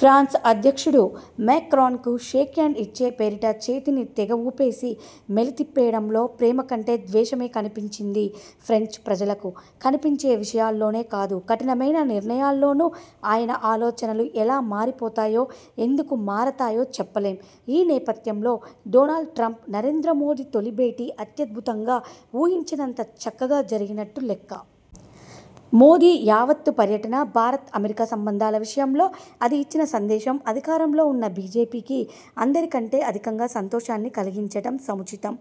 France అధ్యక్షుడు మేక్రాన్కు shake hand ఇచ్చే పేరిట చేతిని తెగఊపేసి మెలితిప్పేయడంలో ప్రేమ కంటే ద్వేషమే కనిపించింది ఫ్రెంచ్ ప్రజలకు. కనిపించే విషయాల్లోనే కాదు, కఠినమైన నిర్ణయాల్లోనూ ఆయన ఆలోచనలు ఎలా మారిపోతాయో, ఎందుకు మారతాయో చెప్పలేం. ఈ నేపథ్యంలో, డొనాల్డ్ ట్రంప్, నరేంద్రమోదీ తొలిభేటీ అత్యద్భుతంగా, ఊహించనంత చక్కగా జరిగినట్టు లెక్క. మోదీ యావత్తు పర్యటన, భారత్–అమెరికా సంబంధాల విషయంలో అది ఇచ్చిన సందేశం అధికారంలో ఉన్న బీజేపీకి అందరికంటే అధికంగా సంతోషాన్ని కలిగించడం సముచితం.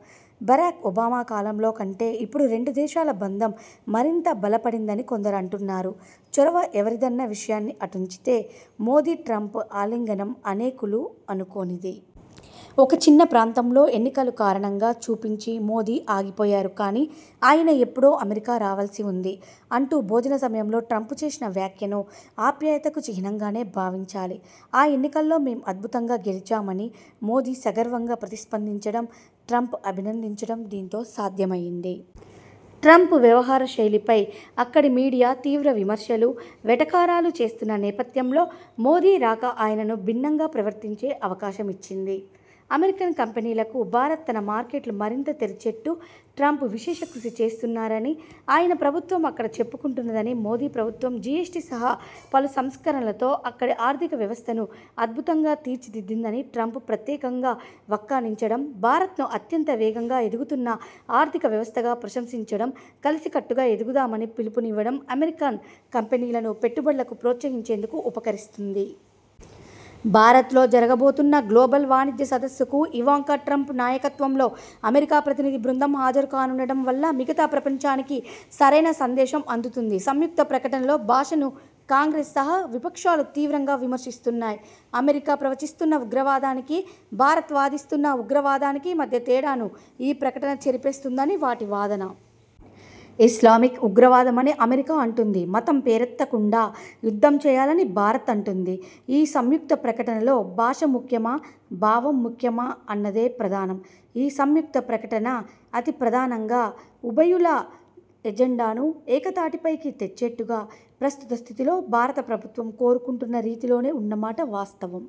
బరాక్ ఒబామా కాలంలో కంటే ఇప్పుడు రెండు దేశాల బంధం మరింత బలపడిందని కొందరు అంటున్నారు. చొరవ ఎవరిదన్న విషయాన్ని అటుంచితే, మోదీ ట్రంప్ ఆలింగనం అనేకులు అనుకోనిది. 'ఒక చిన్నప్రాంతంలో ఎన్నికలు కారణంగా చూపించి మోదీ ఆగిపోయారు కానీ, ఆయన ఎప్పుడో అమెరికా రావాల్సి వుంది' అంటూ భోజన సమయంలో ట్రంప్ చేసిన వ్యాఖ్యను ఆప్యాయతకు చిహ్నంగానే భావించాలి. ఆ ఎన్నికల్లో మేం అద్భుతంగా గెలిచాం అని మోదీ సగర్వంగా ప్రతిస్పందించడం, ట్రంప్ అభినందించడం దీంతో సాధ్యమైంది. ట్రంప్ వ్యవహారశైలిపై అక్కడి మీడియా తీవ్ర విమర్శలు, వెటకారాలు చేస్తున్న నేపథ్యంలో, మోదీ రాక ఆయనకు భిన్నంగా ప్రవర్తించే అవకాశం ఇచ్చింది. అమెరికన్ కంపెనీలకు భారత్ తన మార్కెట్లు మరింత తెరిచేట్టు ట్రంప్ విశేష కృషి చేస్తున్నారని ఆయన ప్రభుత్వం అక్కడ చెప్పుకుంటున్నది. మోదీ ప్రభుత్వం జీఎస్టీ సహా పలు సంస్కరణలతో అక్కడి ఆర్థిక వ్యవస్థను అద్భుతంగా తీర్చిదిద్దిందని ట్రంప్ ప్రత్యేకంగా వక్కాణించడం, భారత్ను అత్యంత వేగంగా ఎదుగుతున్న ఆర్థికవ్యవస్థగా ప్రశంసించడం, కలసికట్టుగా ఎదుగుదామని పిలుపునివ్వడం అమెరికన్ కంపెనీలను పెట్టుబడులకు ప్రోత్సహించేందుకు ఉపకరిస్తుంది. భారత్లో జరగబోతున్న గ్లోబల్ వాణిజ్య సదస్సుకు ఇవాంకా ట్రంప్ నాయకత్వంలో అమెరికా ప్రతినిధి బృందం హాజరుకానుండటం వల్ల మిగతా ప్రపంచానికి సరైన సందేశం అందుతుంది. సంయుక్త ప్రకటనలో భాషను కాంగ్రెస్ సహా విపక్షాలు తీవ్రంగా విమర్శిస్తున్నాయి. అమెరికా ప్రవచిస్తున్న ఉగ్రవాదానికీ, భారత్ వాదిస్తున్న ఉగ్రవాదానికీ మధ్య తేడాను ఈ ప్రకటన చెరిపేసిందని వాటి వాదన. ఇస్లామిక్ ఉగ్రవాదం అని అమెరికా అంటుంది. మతం పేరెత్తకుండా యుద్ధం చేయాలని భారత్ అంటుంది. ఈ సంయుక్త ప్రకటనలో భాష ముఖ్యమా, భావం ముఖ్యమా అన్నదే ప్రధానం. ఈ సంయుక్త ప్రకటన అతిప్రధానంగా ఉభయుల ఎజెండానూ ఏకతాటిపైకి తెచ్చేట్టుగా, ప్రస్తుత స్థితిలో భారతప్రభుత్వం కోరుకుంటున్న రీతిలోనే ఉన్నమాట వాస్తవం.